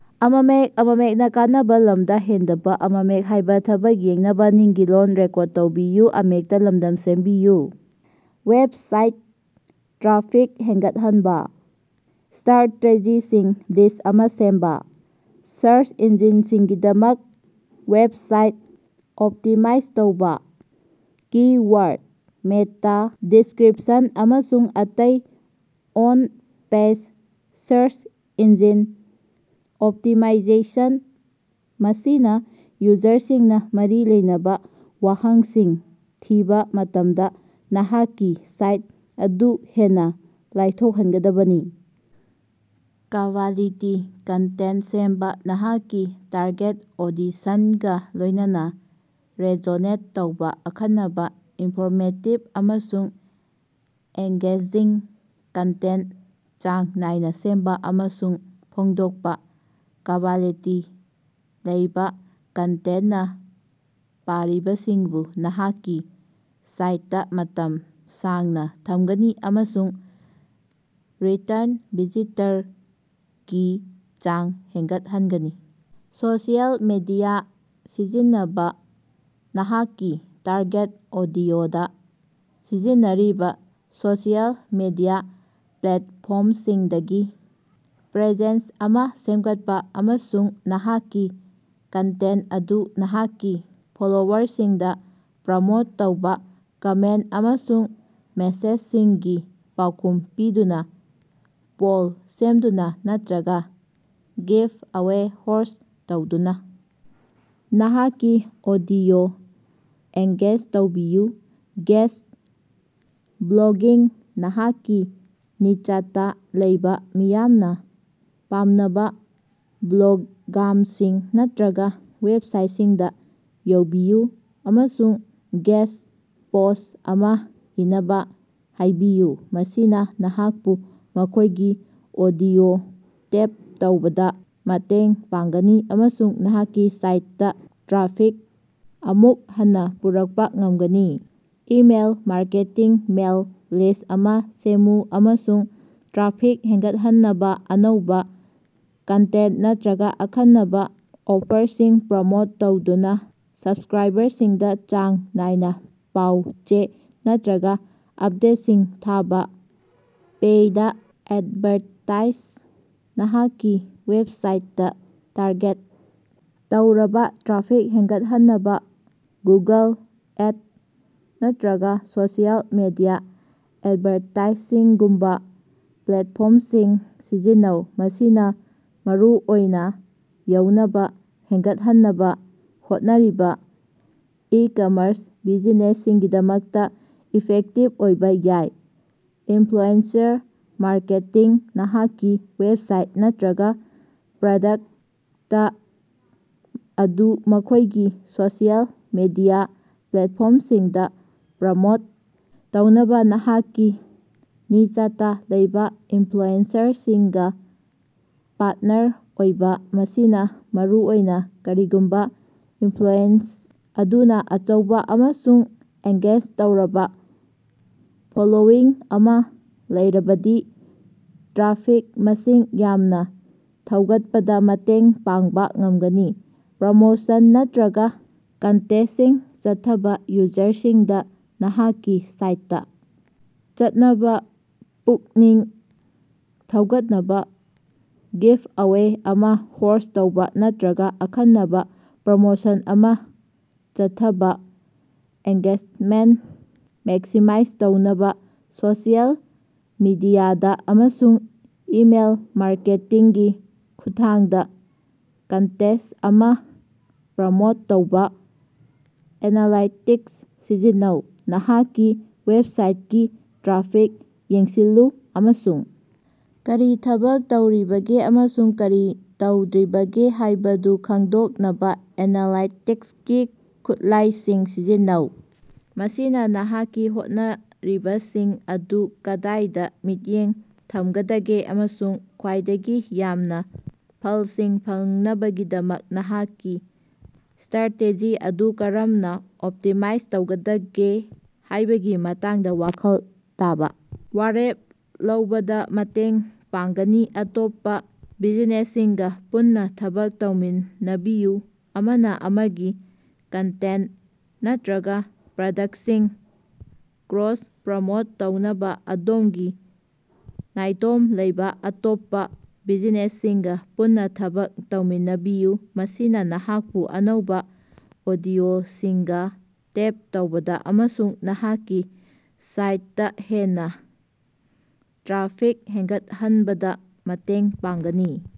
Website traffic ꯍꯦꯟꯒꯠꯍꯟꯅꯕꯥ ꯁ꯭ꯠꯔꯥꯇꯦꯖꯤꯁꯤꯡꯒꯤ list ꯑꯃꯥ ꯁꯦꯝꯕꯥ꯫ ꯁꯥꯔꯆ ꯏꯟꯖꯤꯟꯁꯤꯡꯒꯤꯗꯃꯛ ꯋꯦꯕꯁꯥꯏꯠ ꯑꯣꯞꯇꯤꯃꯥꯏꯖ ꯇꯧꯕ ꯀꯤ-ꯋꯥꯔꯗ, ꯃꯦꯇꯥ-ꯗꯤꯁ꯭ꯛꯔꯤꯄꯁꯟ, ꯑꯃꯁꯨꯡ ꯑꯇꯩ on page search engine optimization ꯃꯁꯤꯅꯥ ꯌꯨꯖꯔꯁꯤꯡꯅꯥ ꯃꯔꯤ ꯂꯩꯅꯕꯥ ꯋꯥꯍꯩꯁꯤꯡ ꯊꯤꯕꯥ ꯃꯇꯝꯗꯥ ꯅꯍꯥꯛꯀꯤ ꯁꯥꯏꯠ ꯑꯗꯨ ꯍꯦꯟꯅꯥ ꯂꯥꯏꯊꯣꯛꯍꯟꯒꯅꯤ꯫ ꯀ꯭ꯕꯥꯂꯤꯇꯤ ꯀꯟꯇꯦꯟꯇ ꯁꯦꯝꯕ ꯅꯍꯥꯛꯀꯤ ꯇꯥꯔꯒꯦꯠ ꯑꯣꯗꯤꯁꯅꯒꯥ ꯂꯣꯏꯅꯅꯥ ꯔꯦꯖꯣꯅꯦꯠ ꯇꯧꯕ ꯑꯈꯟꯅꯕꯥ, ꯏꯟꯐꯣꯔꯃꯦꯇꯤꯚ, ꯑꯃꯁꯨꯡ ꯑꯦꯉ꯭ꯒꯦꯖꯤꯡ ꯀꯟꯇꯦꯟꯇ ꯆꯥꯡ ꯅꯥꯏꯅꯥ ꯁꯦꯝꯕ ꯑꯃꯁꯨꯡ ꯐꯣꯡꯗꯣꯛꯄꯥ꯫ ꯀ꯭ꯕꯥꯂꯤꯇꯤ ꯂꯩꯕ ꯀꯟꯇꯦꯟꯇꯅꯥ ꯄꯥꯔꯤꯕꯁꯤꯡꯕꯨ ꯅꯍꯥꯛꯀꯤ ꯁꯥꯏꯇꯇꯥ ꯃꯇꯝ ꯁꯥꯡꯅꯥ ꯊꯝꯒꯅꯤ ꯑꯃꯁꯨꯡ ꯔꯤꯇꯔꯟ ꯚꯤꯖꯤꯇꯔꯀꯤ ꯆꯥꯡ ꯍꯦꯟꯒꯠꯍꯟꯒꯅꯤ꯫ ꯁꯣꯁꯤꯑꯦꯜ ꯃꯤꯗꯤꯌꯥ ꯁꯤꯖꯤꯟꯅꯕꯥ ꯅꯍꯥꯛꯀꯤ ꯇꯥꯔꯒꯦꯠ ꯑꯣꯗꯤꯑꯣꯗꯥ ꯁꯤꯖꯤꯟꯅꯔꯤꯕꯥ ꯁꯣꯁꯤꯑꯦꯜ ꯃꯤꯗꯤꯌꯥ ꯄ꯭ꯂꯦꯇꯐꯣꯔꯝꯁꯤꯡꯗꯥ ꯄ꯭ꯔꯦꯖꯦꯟꯁ ꯑꯃꯥ ꯁꯦꯝꯒꯠꯄꯥ ꯑꯃꯁꯨꯡ ꯅꯍꯥꯛꯀꯤ ꯀꯟꯇꯦꯟꯇ ꯑꯗꯨ ꯅꯍꯥꯛꯀꯤ ꯐꯣꯂꯣꯋꯔꯁꯤꯡꯗꯥ ꯄ꯭ꯔꯃꯣꯠ ꯇꯧꯕ꯫ ꯀꯃꯦꯟꯇ ꯑꯃꯁꯨꯡ ꯃꯦꯁꯦꯖꯁꯤꯡꯒꯤ ꯄꯥꯎꯈꯨꯝ ꯄꯤꯗꯨꯅꯥ, ꯄꯣꯜ ꯁꯦꯝꯗꯨꯅꯥ ꯅꯠꯇ꯭ꯔꯒꯥ ꯒꯤꯐ ꯑꯦꯋꯦ ꯍꯣꯁ꯭ꯠ ꯇꯧꯗꯨꯅꯥ ꯅꯍꯥꯛꯀꯤ ꯑꯣꯗꯤꯑꯣꯗꯥ ꯑꯦꯉ꯭ꯒꯦꯖ ꯇꯧꯕꯤꯌꯨ꯫ ꯒꯦꯁ꯭ꯠ ꯕ꯭ꯂꯣꯒꯤꯡ ꯅꯍꯥꯛꯀꯤ ꯅꯤꯆꯇꯥ ꯂꯩꯕꯥ ꯃꯤꯌꯥꯝꯅꯥ ꯄꯥꯝꯅꯕꯥ ꯕ꯭ꯂꯣꯒꯥꯔꯁꯤꯡ ꯅꯠꯇ꯭ꯔꯒꯥ ꯋꯦꯕꯁꯥꯏꯇꯁꯤꯡꯗꯥ ꯌꯧꯕꯤꯌꯨ ꯑꯃꯁꯨꯡ ꯒꯦꯁ꯭ꯠ ꯄꯣꯁ꯭ꯠ ꯑꯃꯥ ꯏꯅꯕꯥ ꯍꯥꯏꯕꯤꯌꯨ꯫ ꯃꯁꯤꯅꯥ ꯅꯍꯥꯛꯄꯨ ꯃꯈꯣꯏꯒꯤ ꯑꯣꯗꯤꯑꯣꯗꯥ ꯇꯦꯞ ꯇꯧꯕꯗꯥ ꯃꯇꯦꯡ ꯄꯥꯡꯒꯅꯤ ꯑꯃꯁꯨꯡ ꯅꯍꯥꯛꯀꯤ ꯁꯥꯏꯇꯇꯥ ꯇ꯭ꯔꯥꯐꯤꯛ ꯑꯃꯨꯛ ꯍꯟꯅꯥ ꯄꯨꯔꯛꯄꯥ ꯉꯝꯒꯅꯤ꯫ ꯏꯃꯦꯜ ꯃꯥꯔꯀꯦꯇꯤꯡ ꯃꯦꯜ ꯂꯤꯁ꯭ꯠ ꯑꯃꯥ ꯁꯦꯝꯃꯨ ꯑꯃꯁꯨꯡ ꯇ꯭ꯔꯥꯐꯤꯛ ꯍꯦꯅꯒꯠꯍꯟꯅꯕꯥ ꯑꯅꯧꯕꯥ ꯀꯟꯇꯦꯟꯇ ꯅꯠꯇ꯭ꯔꯒꯥ ꯑꯈꯟꯅꯕꯥ ꯑꯣꯐꯔꯁꯤꯡ ꯄ꯭ꯔꯃꯣꯠ ꯇꯧꯗꯨꯅꯥ ꯁꯕꯁ꯭ꯛꯔꯥꯏꯕꯔꯁꯤꯡꯗꯥ ꯆꯥꯡ ꯅꯥꯏꯅꯥ ꯄꯥꯎ ꯆꯦ ꯅꯠꯇ꯭ꯔꯒꯥ ꯑꯄꯗꯦꯠꯁꯤꯡ ꯊꯥꯕꯥ꯫ ꯄꯦꯏꯗ ꯑꯦꯗꯚꯥꯔꯇꯥꯏꯖꯃꯦꯟꯇ ꯅꯍꯥꯛꯀꯤ ꯋꯦꯕꯁꯥꯏꯇꯇꯥ ꯇꯥꯔꯒꯦꯠ ꯇꯧꯔꯕꯥ ꯇ꯭ꯔꯥꯐꯤꯛ ꯍꯦꯟꯒꯠꯍꯟꯅꯕꯥ ꯒꯨꯒꯜ ꯑꯦꯗꯁ ꯅꯠꯇ꯭ꯔꯒꯥ ꯁꯣꯁꯤꯑꯦꯜ ꯃꯤꯗꯤꯌꯥ ꯑꯦꯗꯚꯥꯔꯇꯥꯏꯁꯤꯡꯒꯨꯝꯕꯥ ꯄ꯭ꯂꯦꯇꯐꯣꯔꯝꯁꯤꯡ ꯁꯤꯖꯤꯟꯅꯧ꯫ ꯃꯁꯤꯅꯥ ꯃꯔꯨꯑꯣꯏꯅꯥ ꯌꯧꯅꯕꯥ ꯍꯦꯟꯒꯠꯍꯟꯅꯕꯥ ꯍꯣꯠꯅꯔꯤꯕꯥ ꯏꯀꯝꯃꯔꯁ ꯕꯤꯖꯤꯅꯦꯁꯁꯤꯡꯒꯤꯗꯃꯛꯇꯥ ꯏꯐꯦꯛꯇꯤꯚ ꯑꯣꯏꯕ ꯌꯥꯏ꯫ ꯏꯟꯐ꯭ꯂꯨꯑꯦꯟꯁꯔ ꯃꯥꯔꯀꯦꯇꯤꯡ ꯅꯍꯥꯛꯀꯤ ꯋꯦꯕꯁꯥꯏꯠ ꯅꯠꯇ꯭ꯔꯒꯥ ꯄ꯭ꯔꯗꯛꯇ ꯑꯗꯨ ꯃꯈꯣꯏꯒꯤ ꯁꯣꯁꯤꯑꯦꯜ ꯃꯤꯗꯤꯌꯥ ꯄ꯭ꯂꯦꯠꯐꯣꯔꯝꯁꯤꯡꯗꯥ ꯄ꯭ꯔꯃꯣꯠ ꯇꯧꯅꯕꯥ ꯅꯍꯥꯛꯀꯤ ꯅꯤꯆꯇꯥ ꯂꯩꯕꯥ ꯏꯟꯐ꯭ꯂꯨꯑꯦꯟꯁꯔꯁꯤꯡꯒꯥ ꯄꯥꯔꯇꯅꯔ ꯑꯣꯏꯕ꯫ ꯃꯁꯤꯅꯥ ꯃꯔꯨꯑꯣꯏꯅꯥ ꯀꯔꯤꯒꯨꯝꯕꯥ ꯏꯟꯐ꯭ꯂꯨꯑꯦꯟꯖꯥ ꯑꯗꯨꯅꯥ ꯑꯆꯧꯕꯥ ꯑꯃꯁꯨꯡ ꯑꯦꯉ꯭ꯒꯦꯖ ꯇꯧꯔꯕꯥ ꯐꯣꯂꯣꯋꯤꯡ ꯑꯃꯥ ꯂꯩꯔꯕꯗꯤ ꯇ꯭ꯔꯥꯐꯤꯛ ꯃꯁꯤꯡ ꯌꯥꯝꯅꯥ ꯊꯧꯒꯠꯄꯗꯥ ꯃꯇꯦꯡ ꯄꯥꯡꯕꯥ ꯉꯝꯒꯅꯤ꯫ ꯄ꯭ꯔꯣꯃꯣꯁꯟ ꯅꯠꯔꯒꯥ ꯀꯟꯇꯦꯁ꯭ꯇꯁꯤꯡ ꯆꯠꯊꯕꯥ ꯌꯨꯖꯔꯁꯤꯡꯅꯥ ꯅꯍꯥꯛꯀꯤ ꯁꯥꯏꯠꯇꯥ ꯆꯠꯅꯕꯥ ꯄꯨꯛꯅꯤꯡ ꯊꯧꯒꯠꯅꯕꯥ ꯒꯤꯐ ꯑꯦꯋꯦ ꯑꯃꯥ ꯍꯣꯁ꯭ꯠ ꯇꯧꯕ ꯅꯠꯇ꯭ꯔꯒꯥ ꯑꯈꯟꯅꯕꯥ ꯄ꯭ꯔꯣꯃꯣꯁꯟ ꯑꯃꯥ ꯆꯠꯊꯕꯥ꯫ ꯑꯦꯉ꯭ꯒꯦꯖꯃꯦꯟꯇ ꯃꯦꯛꯁꯤꯃꯥꯏꯖ ꯇꯧꯅꯕꯥ ꯁꯣꯁꯤꯑꯦꯜ ꯃꯤꯗꯤꯌꯥꯗꯥ ꯑꯃꯁꯨꯡ ꯏꯃꯦꯜ ꯃꯥꯔꯀꯦꯇꯤꯡꯒꯤ ꯈꯨꯠꯊꯥꯡꯗꯥ ꯀꯟꯇꯦꯁ꯭ꯠ ꯑꯁꯤ ꯄ꯭ꯔꯃꯣꯠ ꯇꯧꯕꯥ꯫ ꯑꯦꯅꯥꯂꯥꯏꯇꯤꯛꯁ ꯁꯤꯖꯤꯟꯅꯧ ꯅꯍꯥꯛꯀꯤ ꯋꯦꯕꯁꯥꯏꯇꯀꯤ ꯇ꯭ꯔꯥꯐꯤꯛ ꯌꯦꯡꯁꯤꯜꯂꯨ ꯑꯃꯁꯨꯡ ꯀꯔꯤ ꯊꯕꯛ ꯇꯧꯔꯤꯕꯒꯦ ꯑꯃꯁꯨꯡ ꯀꯔꯤ ꯇꯧꯗ꯭ꯔꯤꯕꯒꯦ ꯍꯥꯏꯕꯗꯨ ꯈꯪꯗꯣꯛꯅꯕꯥ ꯑꯦꯅꯥꯂꯥꯏꯇꯤꯛꯁꯀꯤ ꯈꯨꯠꯂꯥꯏꯁꯤꯡ ꯁꯤꯖꯤꯟꯅꯧ꯫ ꯃꯁꯤꯅꯥ ꯅꯍꯥꯛꯀꯤ ꯍꯣꯠꯅꯔꯤꯕꯁꯤꯡ ꯑꯗꯨ ꯀꯗꯥꯏꯗꯥ ꯃꯤꯠꯌꯦꯡ ꯊꯝꯒꯗꯒꯦ ꯑꯃꯁꯨꯡ ꯈ꯭ꯋꯥꯏꯗꯒꯤ ꯌꯥꯝꯅꯥ ꯐꯂꯁꯤꯡ ꯐꯪꯅꯕꯒꯤꯗꯃꯛ ꯅꯍꯥꯛꯀꯤ ꯁ꯭ꯠꯔꯥꯇꯦꯖꯤ ꯑꯗꯨ ꯀꯔꯝꯅꯥ ꯑꯣꯞꯇꯤꯃꯥꯏꯖ ꯇꯧꯒꯗꯒꯦ ꯍꯥꯏꯕꯒꯤ ꯃꯇꯥꯡꯗꯥ ꯋꯥꯈꯜ ꯇꯥꯕ ꯋꯥꯔꯦꯞ ꯂꯧꯕꯗꯥ ꯃꯇꯦꯡ ꯄꯥꯡꯒꯅꯤ꯫ ꯑꯇꯣꯞꯄꯥ ꯕꯤꯖꯤꯅꯦꯁꯁꯤꯡꯒꯥ ꯄꯨꯟꯅꯥ ꯊꯕꯛ ꯇꯧꯃꯤꯟꯅꯕꯤꯌꯨ ꯑꯃꯅꯥ ꯑꯃꯒꯤ ꯀꯟꯇꯦꯟꯇ ꯅꯠꯔꯒꯥ ꯄ꯭ꯔꯗꯛꯇꯁꯤꯡ ꯀ꯭ꯔꯣꯁ ꯄ꯭ꯔꯣꯃꯣꯠ ꯇꯧꯅꯕꯥ ꯑꯗꯣꯝꯒꯤ ꯅꯥꯏꯇꯣꯝ ꯂꯩꯕ ꯑꯇꯣꯞꯄꯥ ꯕꯤꯖꯤꯅꯦꯁꯁꯤꯡꯒꯥ ꯄꯨꯟꯅꯥ ꯊꯕꯛ ꯇꯧꯃꯤꯟꯅꯕꯤꯌꯨ꯫ ꯃꯁꯤꯅꯥ ꯅꯍꯥꯛꯄꯨ ꯑꯅꯧꯕꯥ ꯑꯣꯗꯤꯑꯣꯁꯤꯡꯗꯥ ꯇꯦꯞ ꯇꯧꯕꯗꯥ ꯑꯃꯁꯨꯡ ꯅꯍꯥꯛꯀꯤ ꯁꯥꯏꯇꯇꯥ ꯍꯦꯟꯅꯥ ꯇ꯭ꯔꯥꯐꯤꯛ ꯍꯦꯟꯒꯠꯍꯟꯕꯗꯥ ꯃꯇꯦꯡ ꯄꯥꯡꯒꯅꯤ꯫